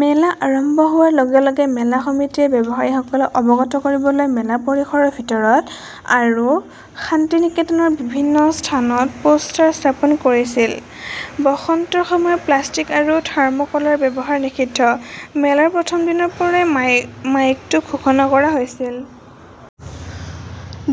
মেলা আৰম্ভ হোৱাৰ লগে লগে মেলা সমিতিয়ে ব্যৱসায়ীসকলক অৱগত কৰিবলৈ মেলা পৰিসৰৰ ভিতৰত আৰু শান্তিনিকেতনৰ বিভিন্ন স্থানত পোষ্টাৰ স্থাপন কৰিছিল, বসন্তৰ সময়ত প্লাষ্টিক আৰু থাৰ্মকলৰ ব্যৱহাৰ নিষিদ্ধ। মেলাৰ প্ৰথম দিনৰ পৰাই মাইকটো ঘোষণা কৰা হৈছিল।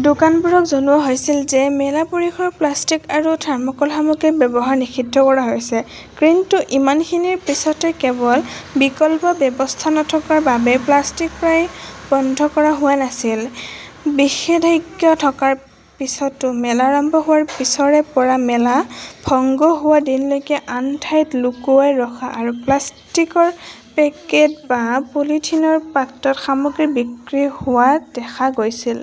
দোকানবোৰক জনোৱা হৈছিল যে মেলা পৰিসৰ প্লাষ্টিক আৰু থাৰ্মকল সামগ্ৰীৰ ব্যৱহাৰ নিষিদ্ধ কৰা হৈছে। কিন্তু ইমানখিনিৰ পিছতো কেৱল বিকল্প ব্যৱস্থা নথকাৰ বাবেই প্লাষ্টিক প্ৰায় বন্ধ কৰা হোৱা নাছিল। নিষেধাজ্ঞা থকাৰ পিছতো মেলা আৰম্ভ হোৱাৰ পিছৰে পৰা মেলা ভংগ হোৱা দিনলৈকে আন ঠাইত লুকুৱাই ৰখা আৰু প্লাষ্টিকৰ পেকেট বা পলিথিনৰ পাত্ৰত সামগ্ৰী বিক্ৰী হোৱা দেখা গৈছিল।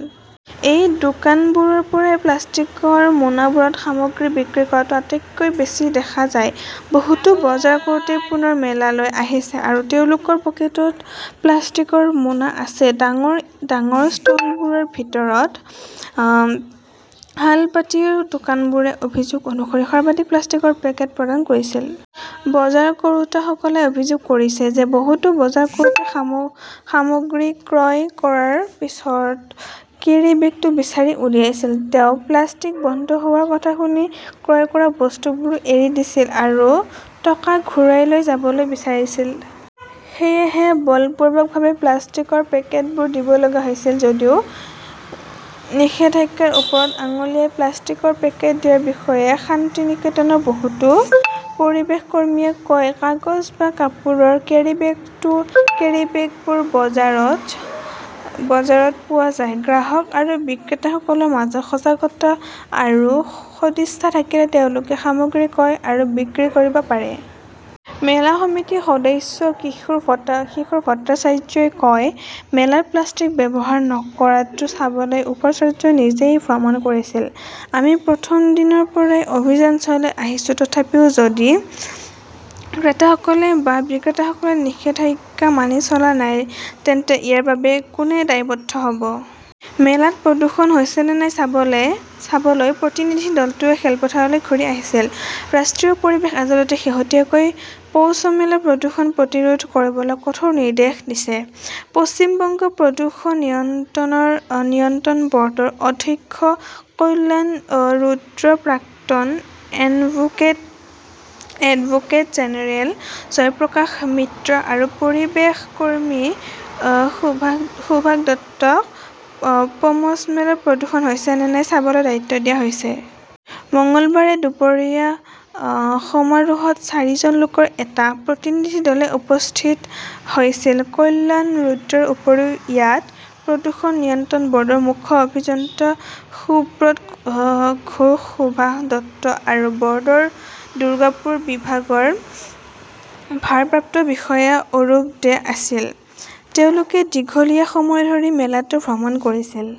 এই দোকানবোৰৰ পৰাই প্লাষ্টিকৰ মোনাবোৰত সামগ্ৰী বিক্ৰী কৰাটো আটাইতকৈ বেছি দেখা যায়। বহুতো বজাৰ কৰোঁতাই পুনৰ মেলালৈ আহিছে আৰু তেওঁলোকৰ পকেটত প্লাষ্টিকৰ মোনা আছে। ডাঙৰ ডাঙৰ ষ্টলবোৰৰ ভিতৰত শালপাটিৰ দোকানবোৰে অভিযোগ অনুসৰি সৰ্বাধিক প্লাষ্টিকৰ পেকেট প্ৰদান কৰিছিল। বজাৰ কৰোঁতাসকলে অভিযোগ কৰিছে যে বহুতো বজাৰ কৰোঁতাই সাম সামগ্ৰী ক্ৰয় কৰাৰ পিছত কেৰী বেগটো বিচাৰি উলিয়াইছিল। তেওঁ প্লাষ্টিক বন্ধ হোৱাৰ কথা শুনি ক্ৰয় কৰা বস্তুবোৰো এৰি দিছিল আৰু টকা ঘূৰাই লৈ যাবলৈ বিচাৰিছিল। সেয়েহে বলপূৰ্বকভাৱে প্লাষ্টিকৰ পেকেটবোৰ দিব লগা হৈছিল। যদিও নিষেধাজ্ঞাৰ ওপৰত আঙুলিয়াই প্লাষ্টিকৰ পেকেট দিয়াৰ বিষয়ে শান্তিনিকেতনৰ বহুতো পৰিৱেশ কৰ্মীয়ে কয়, কাগজ বা কাপোৰৰ কেৰি বেগটো বেগবোৰো বজাৰত পোৱা যায়। গ্ৰাহক আৰু বিক্ৰেতাসকলৰ মাজত সজাগতা আৰু সদিচ্ছা থাকিলে তেওঁলোকে সামগ্ৰী ক্ৰয় আৰু বিক্ৰী কৰিব পাৰে। মেলা সমিতিৰ সদস্য কিশোৰ ভট্টাচাৰ্যই কয়, মেলাত প্লাষ্টিক ব্যৱহাৰ নকৰাটো চাবলৈ উপাচাৰ্য নিজেই ভ্ৰমণ কৰিছিল। আমি প্ৰথম দিনৰ পৰাই অভিযান চলাই আহিছো। তথাপিও যদি ক্ৰেতাসকলে বা বিক্ৰেতাসকলে নিষেধাজ্ঞা মানি চলা নাই, তেন্তে ইয়াৰ বাবে কোনে দায়বদ্ধ হ'ব? মেলাত প্ৰদূষণ হৈছে নে নাই চাবলে চাবলৈ প্ৰতিনিধি দলটোৱে খেলপথাৰলৈ ঘূৰি আহিছিল ৰাষ্ট্ৰীয় পৰিৱেশ আদালতে শেহতীয়াকৈ পৌছমেলাত প্ৰদূষণ প্ৰতিৰোধ কৰিবলৈ কঠোৰ নিৰ্দেশ দিছে। পশ্চিম বংগ প্ৰদূষণ নিয়ন্ত্ৰণ ব'ৰ্ডৰ অধ্যক্ষ কল্যাণ ৰুদ্ৰ, প্ৰাক্তন এডভোকেট জেনেৰেল জয়প্ৰকাশ মিত্ৰা আৰু পৰিৱেশ কৰ্মী সুভাষ দত্তক পমছমেলাত প্ৰদূষণ হৈছে নে নাই চাবলৈ দায়িত্ব দিয়া হৈছে। মঙলবাৰে দুপৰীয়া অ', সমাৰোহত চাৰিজন লোকৰ এটা প্ৰতিনিধি দলে উপস্থিত হৈছিল। কল্যাণ ৰুদ্ৰৰ উপৰিও ইয়াত প্ৰদূষণ নিয়ন্ত্ৰণ বৰ্ডৰ মুখ্য অভিযন্তা সুব্ৰত ঘোষ, সুভাষ দত্ত আৰু বৰ্ডৰ দুৰ্গাপুৰ বিভাগৰ ভাৰপ্ৰাপ্ত বিষয়া অৰূপ দে আছিল। তেওঁলোকে দীঘলীয়া সময় ধৰি মেলাটো ভ্ৰমণ কৰিছিল।